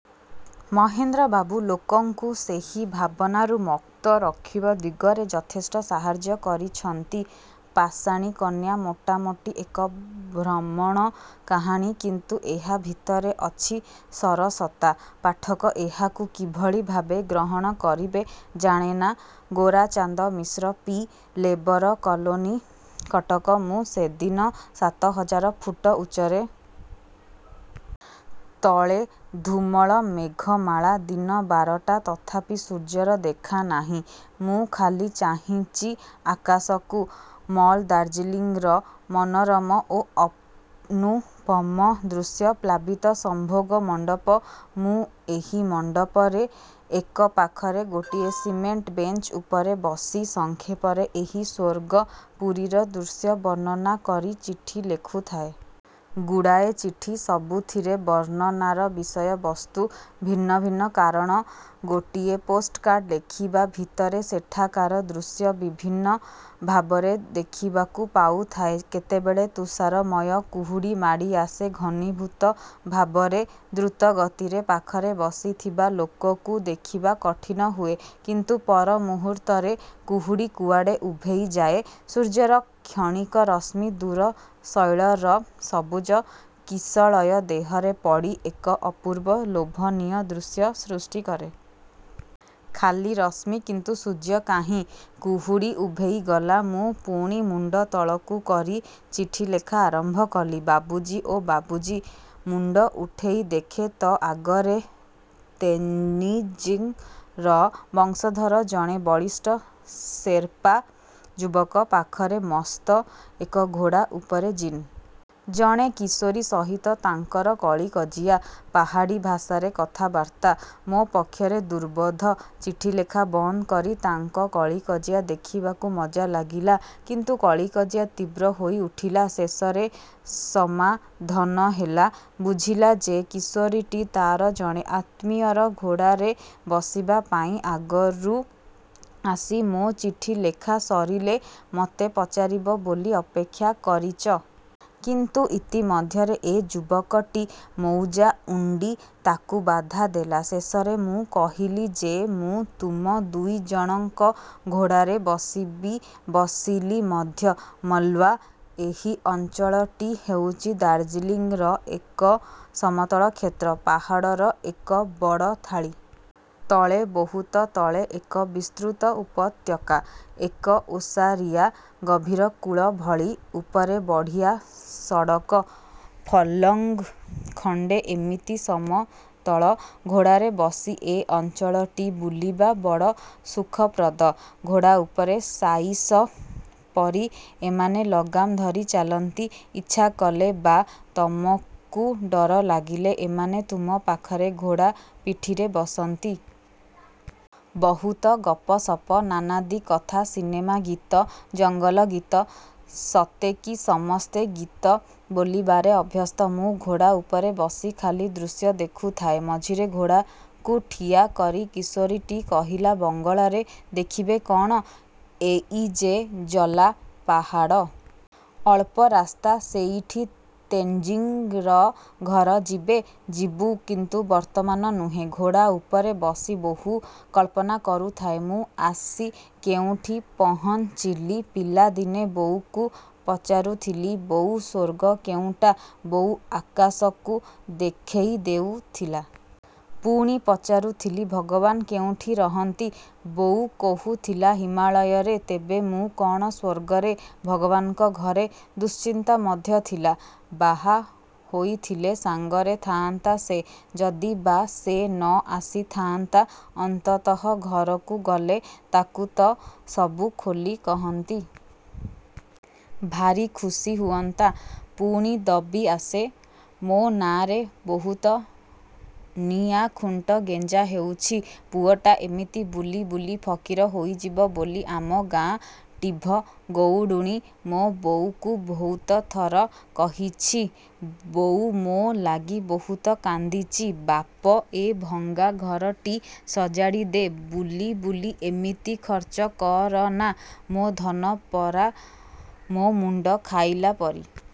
ମହେନ୍ଦ୍ରବାବୁ ଲୋକଙ୍କୁ ସେହି ଭାବନାରୁ ମକ୍ତ ରଖିବା ଦିଗରେ ଯଥେଷ୍ଟ ସାହାର୍ଯ୍ୟ କରିଛନ୍ତି। ପାଷାଣୀ କନ୍ୟା-ମୋଟାମୋଟି ଏକ ଭ୍ରମଣ କାହାଣୀ କିନ୍ତୁ ଏହା ଭିତରେ ଅଛି ସରସତା। ପାଠକ ଏହାକୁ କିଭଳି ଭାବେ ଗ୍ରହଣ କରିବେ ଜାଣେନା। ଗୋରାଚାନ୍ଦ ମିଶ୍ର ପି-, ଲେବର କଲୋନୀ କଟକ ମୁଁ ସେଦିନ ସାତହଜାର ଫୁଟ ଉଚ୍ଚରେ। ତଳେ ଧୂମଳ ମେଘମାଳା। ଦିନ ବାରଟା। ତଥାପି ସୂର୍ଯ୍ୟର ଦେଖାନାହିଁ। ମୁଁ ଖାଲି ଚାହିଁଚି ଆକାଶକୁ। ମଲ୍ ଦାର୍ଜିଲିଂର ମନୋରମ ଓ ଅନୁପମ ଦୃଶ୍ୟ ପ୍ଳାବିତ ସମ୍ଭୋଗ ମଣ୍ଡପ। ମୁଁ ଏହି ମଣ୍ଡପରେ ଏକ ପାଖରେ ଗୋଟିଏ ସିମେଣ୍ଟ ବେଞ୍ଚ ଉପରେ ବସି ସଂକ୍ଷେପରେ ଏହି ସ୍ୱର୍ଗପୁରୀର ଦୃଶ୍ୟ ବର୍ଣ୍ଣନା କରି ଚିଠି ଲେଖୁଥାଏ। ଗୁଡ଼ାଏ ଚିଠି। ସବୁଥିରେ ବର୍ଣ୍ଣନାର ବିଷୟବସ୍ତୁ ଭିନ୍ନ ଭିନ୍ନ କାରଣ ଗୋଟିଏ ପୋଷ୍ଟକାର୍ଡ଼ ଲେଖିବା ଭିତରେ ସେଠାକାର ଦୃଶ୍ୟ ବିଭିନ୍ନ ଭାବରେ ଦେଖିବାକୁ ପାଉଥାଏ। କେତେବେଳେ ତୁଷାରମୟ କୁହୁଡ଼ି ମାଡ଼ି ଆସେ ଘନୀଭୂତ ଭାବରେ, ଦ୍ରୁତଗତିରେ। ପାଖରେ ବସିଥିବା ଲୋକକୁ ଦେଖିବା କଠିନ ହୁଏ। କିନ୍ତୁ ପରମୁହୂର୍ତ୍ତରେ କୁହୁଡ଼ି କୁଆଡ଼େ ଉଭେଇଯାଏ-ସୂର୍ଯ୍ୟର କ୍ଷଣିକ ରଶ୍ମି ଦୂର ଶୈଳର ସବୁଜ କିଶଳୟ ଦେହରେ ପଡ଼ି ଏକ ଅପୂର୍ବ ଲୋଭନୀୟ ଦୃଶ୍ୟ ସୃଷ୍ଟି କରେ। ଖାଲି ରଶ୍ମି, କିନ୍ତୁ ସୂର୍ଯ୍ୟ କାହିଁ? କୁହୁଡ଼ି ଉଭେଇଗଲା, ମୁଁ ପୁଣି ମୁଣ୍ଡ ତଳକୁ କରି ଚିଠିଲେଖା ଆରମ୍ଭ କଲି। ''ବାବୁଜୀ-ଓ ବାବୁଜୀ। '' ମୁଣ୍ଡ ଉଠେଇ ଦେଖେ ତ ଆଗରେ ତେନ୍ଜିଂର ବଂଶଧର ଜଣେ ବଳିଷ୍ଠ ସେର୍ପା ଯୁବକ, ପାଖରେ ମସ୍ତ, ଏକ ଘୋଡ଼ା-ଉପରେ ଜିନ୍। ଜଣେ କିଶୋରୀ ସହିତ ତା'ର କଳିକଜିଆ। ପାହାଡ଼ୀଭାଷାରେ କଥାବାର୍ତ୍ତା। ମୋ ପକ୍ଷରେ ଦୁର୍ବୋଧ୍ୟ। ଚିଠି ଲେଖା ବନ୍ଦ କରି ତାଙ୍କ କଳିକଜିଆ ଦେଖିବାକୁ ମଜା ଲାଗିଲା। କିନ୍ତୁ କଳିକଜିଆ ତୀବ୍ର ହୋଇ ଉଠିଲା। ଶେଷରେ ସମାଧନ ହେଲା। ବୁଝିଲା ଯେ କିଶୋରୀଟି ତାର ଜଣେ ଆତ୍ମୀୟର ଘୋଡ଼ାରେ ବସିବା ପାଇଁ ଆଗରୁ ଆସି ମୋ ଚିଠି ଲେଖା ସରିଲେ ମତେ ପଚାରିବ ବୋଲି ଅପେକ୍ଷା କରିଚ। କିନ୍ତୁ ଇତି ମଧ୍ୟରେ ଏ ଯୁବକଟି ମଉଜା ଉଣ୍ଡି ତାକୁ ବାଧା ଦେଲା। ଶେଷରେ ମୁଁ କହିଲି ଯେ ମୁଁ ତୁମ ଦୁଇଜଣଙ୍କ ଘୋଡ଼ାରେ ବସିବି ବସିଲି ମଧ୍ୟ। ମଲ୍ବା ଏହି ଅଞ୍ଚଳଟି ହେଉଛି ଦାର୍ଜିଲିଂର ଏକ ସମତଳ କ୍ଷେତ୍ର। ପାହାଡ଼ର ଏକ ବଡ଼ ଥାଳୀ। ତଳେ, ବହୁତ ତଳେ ଏକ ବିସ୍ତୃତ ଉପତ୍ୟକା-ଏକ ଓସାରିଆ ଗଭୀର କୂଅ ଭଳି। ଉପରେ ବଢ଼ିଆ ସଡ଼କ। ଫର୍ଲଙ୍ଗ ଖଣ୍ଡେ ଏମିତି ସମତଳ। ଘୋଡ଼ାରେ ବସି ଏ ଅଞ୍ଚଳଟି ବୁଲିବା ବଡ଼ ସୁଖପ୍ରଦ। ଘୋଡ଼ା ଉପରେ ସାଇଶ ପରି ଏମାନେ ଲଗାମ ଧରି ଚାଲନ୍ତି। ଇଚ୍ଛା କଲେ ବା ତମକୁ ଡର ଲାଗିଲେ, ଏମାନେ ତୁମ ପାଖରେ ଘୋଡ଼ା ପିଠିରେ ବସନ୍ତି। ବହୁତ ଗପସପ। ନାନାଦି କଥା-। ସିନେମା ଗୀତ, ଜଙ୍ଗଲ ଗୀତ, ସତେକି ସମସ୍ତେ ଗୀତ ବୋଲିବାରେ ଅଭ୍ୟସ୍ତ। ମୁଁ ଘୋଡ଼ା ଉପରେ ବସି ଖାଲି ଦୃଶ୍ୟ ଦେଖୁଥାଏ। ମଝିରେ ଘୋଡ଼ାକୁ ଠିଆ କରି କିଶୋରୀଟି କହିଲା ବଙ୍ଗଳାରେ। ''ଦେଖିବେ? '' ''କଣ? '' ''ଏଇ ଯେ ଜଲା ପାହାଡ଼। ଅଳ୍ପ ରାସ୍ତା। ସେଇଠି ତେନ୍ଜିଂର ଘର। ଯିବେ? '' ''ଯିବୁ, କିନ୍ତୁ ବର୍ତ୍ତମାନ ନୁହେଁ? '' ଘୋଡ଼ା ଉପରେ ବସି ବହୁ କଳ୍ପନା କରୁଥାଏ। ମୁଁ ଆସି କେଉଁଠି ପହଞ୍ଚିଲି? ପିଲାଦିନେ ବୋଉକୁ ପଚାରୁଥିଲି, ''ବୋଉ ସ୍ୱର୍ଗ କେଉଁଟା-? '' ବୋଉ ଆକାଶକୁ ଦେଖେଇ ଦେଉଥିଲା। ପୁଣି ପଚାରୁଥିଲି, ''ଭଗବାନ କେଉଁଠି ରହନ୍ତି-? '' ବୋଉ କହୁଥିଲା-ହିମାଳୟରେ। ତେବେ ମୁଁ କ'ଣ ସ୍ୱର୍ଗରେ-ଭଗବାନଙ୍କ ଘରେ? ଦୁଶ୍ଚିନ୍ତା ମଧ୍ୟ ଥିଲା। ବାହା ହୋଇଥିଲେ ସାଙ୍ଗରେ ଥାଆନ୍ତା ସେ। ଯଦି ବା ସେ ନ ଆସି ଥାଆନ୍ତା, ଅନ୍ତତଃ ଘରକୁ ଗଲେ ତାକୁ ତ ସବୁ ଖୋଲି କହନ୍ତି। ଭାରି ଖୁସି ହୁଅନ୍ତା। ପୁଣି ଦବି ଆସେ। ମୋ ନାଁରେ ବହୁତ ନିଆଖୁଣ୍ଟ ଗେଞ୍ଜା ହେଉଛି। ପୁଅଟା ଏମିତି ବୁଲି ବୁଲି ଫକୀର ହୋଇଯିବ ବୋଲି ଆମ ଗାଁ ଟିଭ ଗଉଡ଼ୁଣୀ। ମୋ ବୋଉକୁ ବହୁତଥର କହିଛି-। ବୋଉ ମୋ ଲାଗି ବହୁତ କାନ୍ଦିଚି। ବାପ, ଏ ଭଙ୍ଗାଘରଟି ସଜାଡ଼ି ଦେ, ବୁଲି ବୁଲି ଏମିତି ଖର୍ଚ୍ଚ କରନା। ମୋ ଧନପରା ମୋ ମୁଣ୍ଡ ଖାଇଲା ପରି।